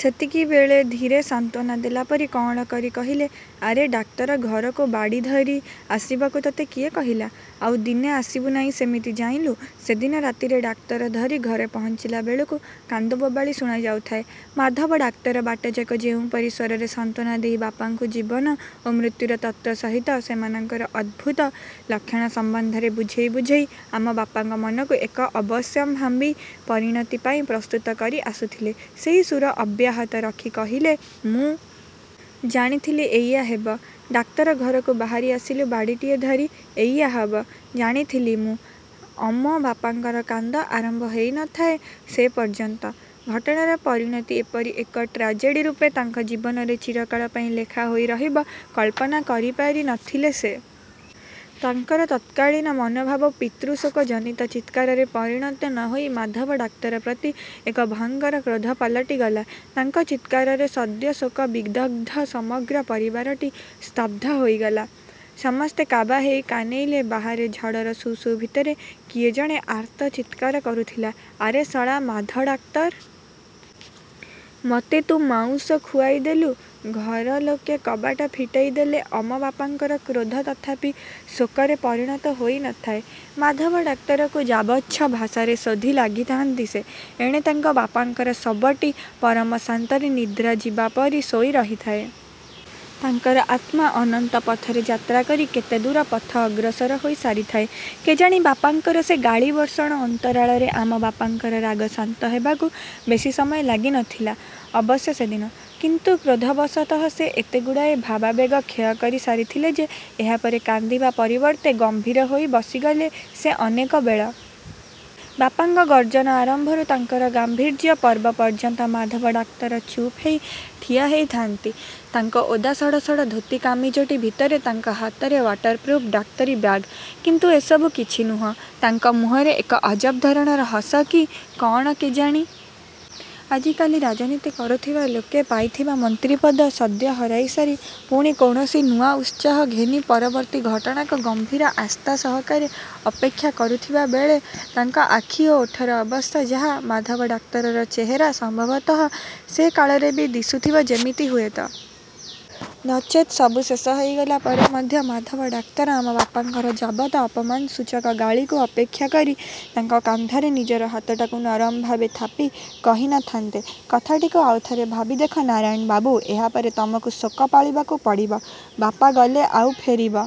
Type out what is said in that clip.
ସେତିକିବେଳେ ଧୀରେ, ସାନ୍ତ୍ୱନା ଦେଲା ପରି କଅଁଳ କରି କହିଲେ, "ଆରେ! ଡାକ୍ତର ଘରକୁ ବାଡ଼ି ଧରି ଆସିବାକୁ ତତେ କିଏ କହିଲା! ଆଉ ଦିନେ ଆସିବୁ ନାଇଁ ସେମିତି-ଜାଇଁଲୁ! " ସେଦିନ ରାତିରେ ଡାକ୍ତର ଧରି ଘରେ ପହଞ୍ଚିଲା ବେଳକୁ କାନ୍ଦବୋବାଳି ଶୁଣାଯାଉଥାଏ। ମାଧବ ଡାକ୍ତର ବାଟଯାକ ଯେଉଁପରି ସ୍ଵରରେ ସାନ୍ତ୍ୱନା ଦେଇ ବାପାଙ୍କୁ ଜୀବନ ଓ ମୃତ୍ୟୁର ତତ୍ତ୍ଵ ସହିତ ସେମାନଙ୍କର ଅଦ୍ଭୁତ ଲକ୍ଷଣ ସମ୍ବନ୍ଧରେ ବୁଝେଇ ବୁଝେଇ ଆମ ବାପାଙ୍କ ମନକୁ ଏକ ଅବଶ୍ୟମ୍ଭାବୀ ପରିଣତି ପାଇଁ ପ୍ରସ୍ତୁତ କରି ଆସୁଥିଲେ ସେହି ସୁର ଅବ୍ୟାହତ ରଖି କହିଲେ, "ମୁଁ। ଜାଣିଥିଲି। ଏଇଆ ହେବ। ଡାକ୍ତର ଘରକୁ ବାହାରି ଆସିଲୁ ବାଡ଼ିଟିଏ ଧରି। ଏଇଆ ହବ। ଜାଣିଥିଲି ମୁଁ " ଅମ ବାପାଙ୍କର କାନ୍ଦ ଆରମ୍ଭ ହେଇ ନ ଥାଏ ସେ ପର୍ଯ୍ୟନ୍ତ। ଘଟଣାର ପରିଣତି ଏପରି ଏକ ଟ୍ରାଜେଡ଼ି ରୂପେ ତାଙ୍କ ଜୀବନରେ ଚିରକାଳ ପାଇଁ ଲେଖା ହୋଇ ରହିବ କଳ୍ପନା କରିପାରି ନ ଥିଲେ ସେ। ତାଙ୍କର ତତ୍କାଳୀନ ମନୋଭାବ ପିତୃଶୋକ ଜନିତ ଚିତ୍କାରରେ ପରିଣତ ନ ହୋଇ ମାଧବ ଡାକ୍ତର ପ୍ରତି ଏକ ଭୟଙ୍କର କ୍ରୋଧ ପାଲଟିଗଲା। ତାଙ୍କ ଚିତ୍କାରରେ ସଦ୍ୟ ଶୋକ ବିଦଗ୍ଧ ସମଗ୍ର ପରିବାରଟି ସ୍ତବ୍ଧ ହୋଇଗଲା। ସମସ୍ତେ କାବା ହେଇ କାନେଇଲେ। ବାହାରେ, ଝଡ଼ର ସୁ ସୁ ଭିତରେ କିଏ ଜଣେ ଆର୍ତ୍ତ ଚିତ୍କାର କରୁଥିଲା- "ଆରେ ଶଳା ମାଧ ଡାକ୍ତର। ମତେ ତୁ ମାଉଁସ ଖୁଆଇ ଦେଲୁ। " ଘର ଲୋକେ କବାଟ ଫିଟେଇ ଦେଲେ। ଅମ ବାପାଙ୍କର କ୍ରୋଧ ତଥାପି ଶୋକରେ ପରିଣତ ହୋଇ ନ ଥାଏ। ମାଧବ ଡାକ୍ତରକୁ ଯାବଚ୍ଛ ଭାଷାରେ ଶୋଧି ଲାଗିଥାନ୍ତି ସେ। ଏଣେ ତାଙ୍କ ବାପାଙ୍କର ଶବଟି ପରମ ଶାନ୍ତରେ ନିଦ୍ରା ଯିବା ପରି ଶୋଇ ରହିଥାଏ। ତାଙ୍କର ଆତ୍ମା ଅନନ୍ତ ପଥରେ ଯାତ୍ରା କରି କେତେ ଦୂର ପଥ ଅଗ୍ରସର ହୋଇ ସାରିଥାଏ କେଜାଣି ବାପାଙ୍କର ସେ ଗାଳି ବର୍ଷଣ ଅନ୍ତରାଳରେ। ଆମ ବାପାଙ୍କର ରାଗ ଶାନ୍ତ ହେବାକୁ ବେଶୀ ସମୟ ଲାଗି ନ ଥିଲା ଅବଶ୍ୟ ସେଦିନ। କିନ୍ତୁ, କ୍ରୋଧବଶତଃ ସେ ଏତେଗୁଡ଼ାଏ ଭାବାବେଗ କ୍ଷୟ କରି ସାରିଥିଲେ ଯେ ଏହାପରେ କାନ୍ଦିବା ପରିବର୍ତ୍ତେ ଗମ୍ଭୀର ହୋଇ ବସିଗଲେ ସେ ଅନେକ ବେଳ। ବାପାଙ୍କ ଗର୍ଜନ ଆରମ୍ଭରୁ ତାଙ୍କର ଗାମ୍ଭୀର୍ଯ୍ୟ ପର୍ବ ପର୍ଯ୍ୟନ୍ତ ମାଧବ ଡାକ୍ତର ଚୁପ୍ ହେଇ ଠିଆ ହେଇଥାନ୍ତି ତାଙ୍କ ଓଦା ସଢ଼ସଢ଼ ଧୋତି କାମିଜଟି ଭିତରେ। ତାଙ୍କ ହାତରେ ୱାଟରପ୍ରୁଫ୍ ଡାକ୍ତରୀ ବ୍ୟାଗ୍। କିନ୍ତୁ, ଏସବୁ କିଛି ନୁହଁ। ତାଙ୍କ ମୁହଁରେ ଏକ ଅଜବ ଧରଣର ହସ କି କଅଣ ସେ କେଜାଣି! ଆଜିକାଲି ରାଜନୀତି କରୁଥିବା ଲୋକେ ପାଇଥିବା ମନ୍ତ୍ରୀପଦ ସଦ୍ୟ ହରାଇ ସାରି ପୁଣି କୌଣସି ନୂଆ ଉତ୍ସାହ ଘେନି ପରବର୍ତ୍ତୀ ଘଟଣାକୁ ଗଭୀର ଆସ୍ଥା ସହକାରେ ଅପେକ୍ଷା କରୁଥିବା ବେଳେ ତାଙ୍କ ଆଖି ଓ ଓଠର ଅବସ୍ଥା ଯାହା ମାଧବ ଡାକ୍ତରର ଚେହେରା ସମ୍ଭବତଃ ସେକାଳରେ ବି ଦିଶୁଥିବ ଯେମିତି ହୁଏତ। ନଚେତ୍ ସବୁ ଶେଷ ହେଇଗଲା ପରେ ମଧ୍ୟ ମାଧବ ଡାକ୍ତର ଆମ ବାପାଙ୍କର ଯାବତ ଅପମାନସୂଚକ ଗାଳିକୁ ଉପେକ୍ଷା କରି, ତାଙ୍କ କାନ୍ଧରେ ନିଜର ହାତଟାକୁ ନରମଭାବେ ଥାପି କହି ନ ଥାନ୍ତେ। "କଥାଟିକୁ ଆଉଥରେ ଭାବି ଦେଖ ନାରାୟଣ ବାବୁ! ଏହାପରେ ତମକୁ ଶୋକ ପାଳିବାକୁ ପଡ଼ିବ। ବାପା ଗଲେ-ଆଉ ଫେରିବେ